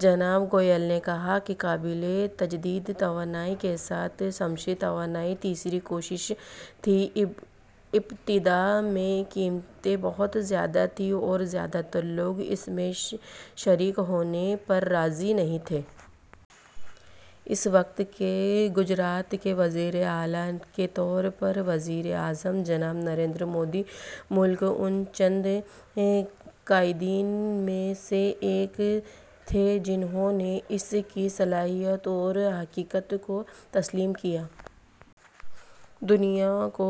جناب گوئل نے کہا کہ قابل تجدید توانائی کے ساتھ شمسی توانائی تیسری کوشش تھی ابتدا میں قیمتیں بہت زیادہ تھیں اور زیادہ تر لوگ اس میں شریک ہونے پر راضی نہیں تھے اس وقت کے گجرات کے وزیر اعلی کے طور پر وزیر اعظم جناب نریندر مودی ملک ان چند قائدین میں سے ایک تھے جنہوں نے اس کی صلاحیت اور حقیقت کو تسلیم کیا کہ دنیا کو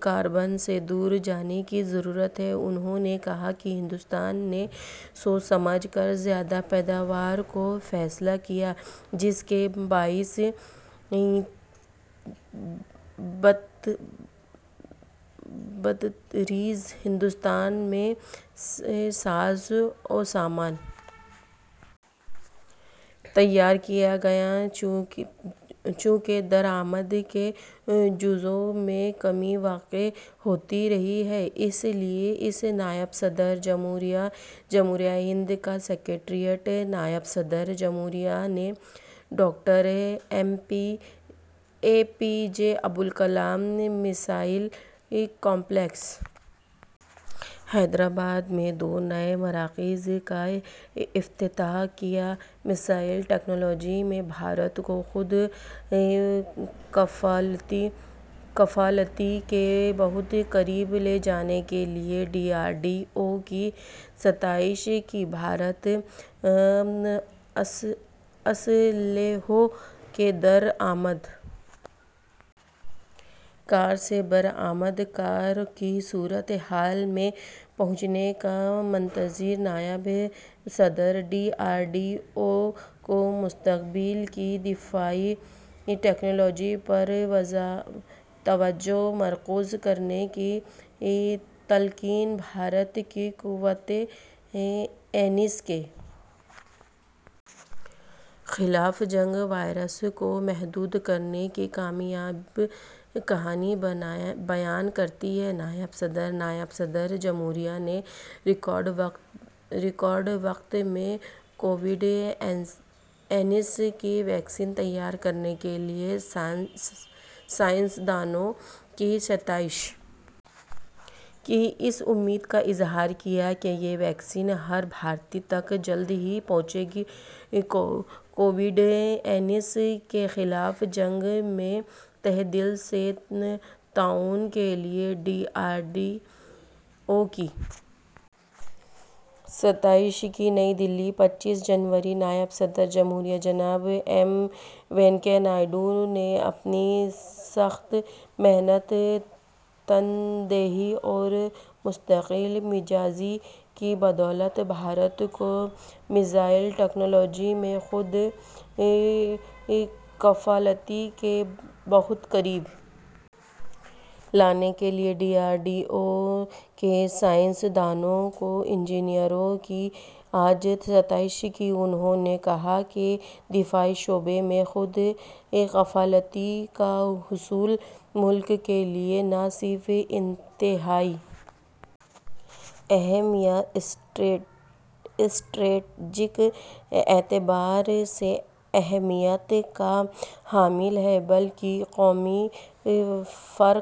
کاربن سے دور جانے کی ضرورت ہے انہوں نے کہا کہ ہندوستان نے سوچ سمجھ کر زیادہ پیداوار کا فیصلہ کیا جس کے باعث بتدریج ہندوستان میں ساز و سامان تیار کیا گیا چونکہ درآمد کے جزو میں کمی واقع ہوتی رہی ہے اس لیے اس نائب صدر جمہوریہ ہند کا سکریٹریٹ نائب صدر جمہوریہ نے doctor A P J Abdul Kalam missile complex Hyderabad میں دو نئے مراکز کا افتتاح کیا میزائل ٹیکنالوجی میں بھارت کو خود کفالتی کے بہت قریب لے جانے کے لیے ڈی آر ڈی او کی ستائش کی بھارت اسلحوں کے درآمد کار سے برآمد کار کی صورت حال میں پہنچنے کا منتظر نائب صدر ڈی آر ڈی او کو مستقبل کی دفاعی ٹیکنالوجی پر توجہ مرکوز کرنے کی تلقین بھارت کی کووڈ انیس کے خلاف جنگ وائرس کو محدود کرنے کی کامیاب کہانی بیان کرتی ہے نائب صدر نائب صدر جمہوریہ نے ریکارڈ وقت میں کووڈ انیس کی ویکسین تیار کرنے کے لیے سائنس دانوں کی ستائش کی اس امید کا اظہار کیا کہ یہ ویکسین ہر بھارتی تک جلد ہی پہنچے گی کووڈ انیس کے خلاف جنگ میں تہہ دل سے تعاون کے لیے ڈی آر ڈی او کی ستائش کی نئی دہلی پچیس جنوری نائب صدر جمہوریہ جناب ایم وینکیا نائیڈو نے اپنی سخت محنت تندہی اور مستقل مزاجی کی بدولت بھارت کو میزائل ٹیکنالوجی میں خود کفالتی کے بہت قریب لانے کے لیے ڈی آر ڈی او کے سائنس دانوں اور انجینئروں کی آج ستائش کی انہوں نے کہا کہ دفاعی شعبے میں خود کفالتی کا حصول ملک کے لیے نہ صرف انتہائی اہم یا اسٹریٹیجک اعتبار سے اہمیت کا حامل ہے بلکہ قومی فخر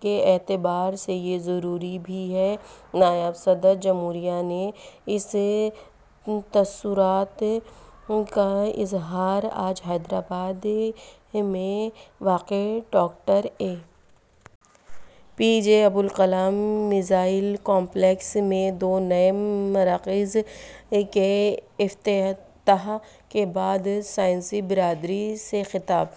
کے اعتبار سے یہ ضروری بھی ہے نائب صدر جمہوریہ نے ان تاثرات کا اظہار آج حیدرآباد میں واقع doctor A P J Abdul Kalam missile complex میں دو نئے مراکز کے افتتاح کے بعد سائنسی برادری سے خطاب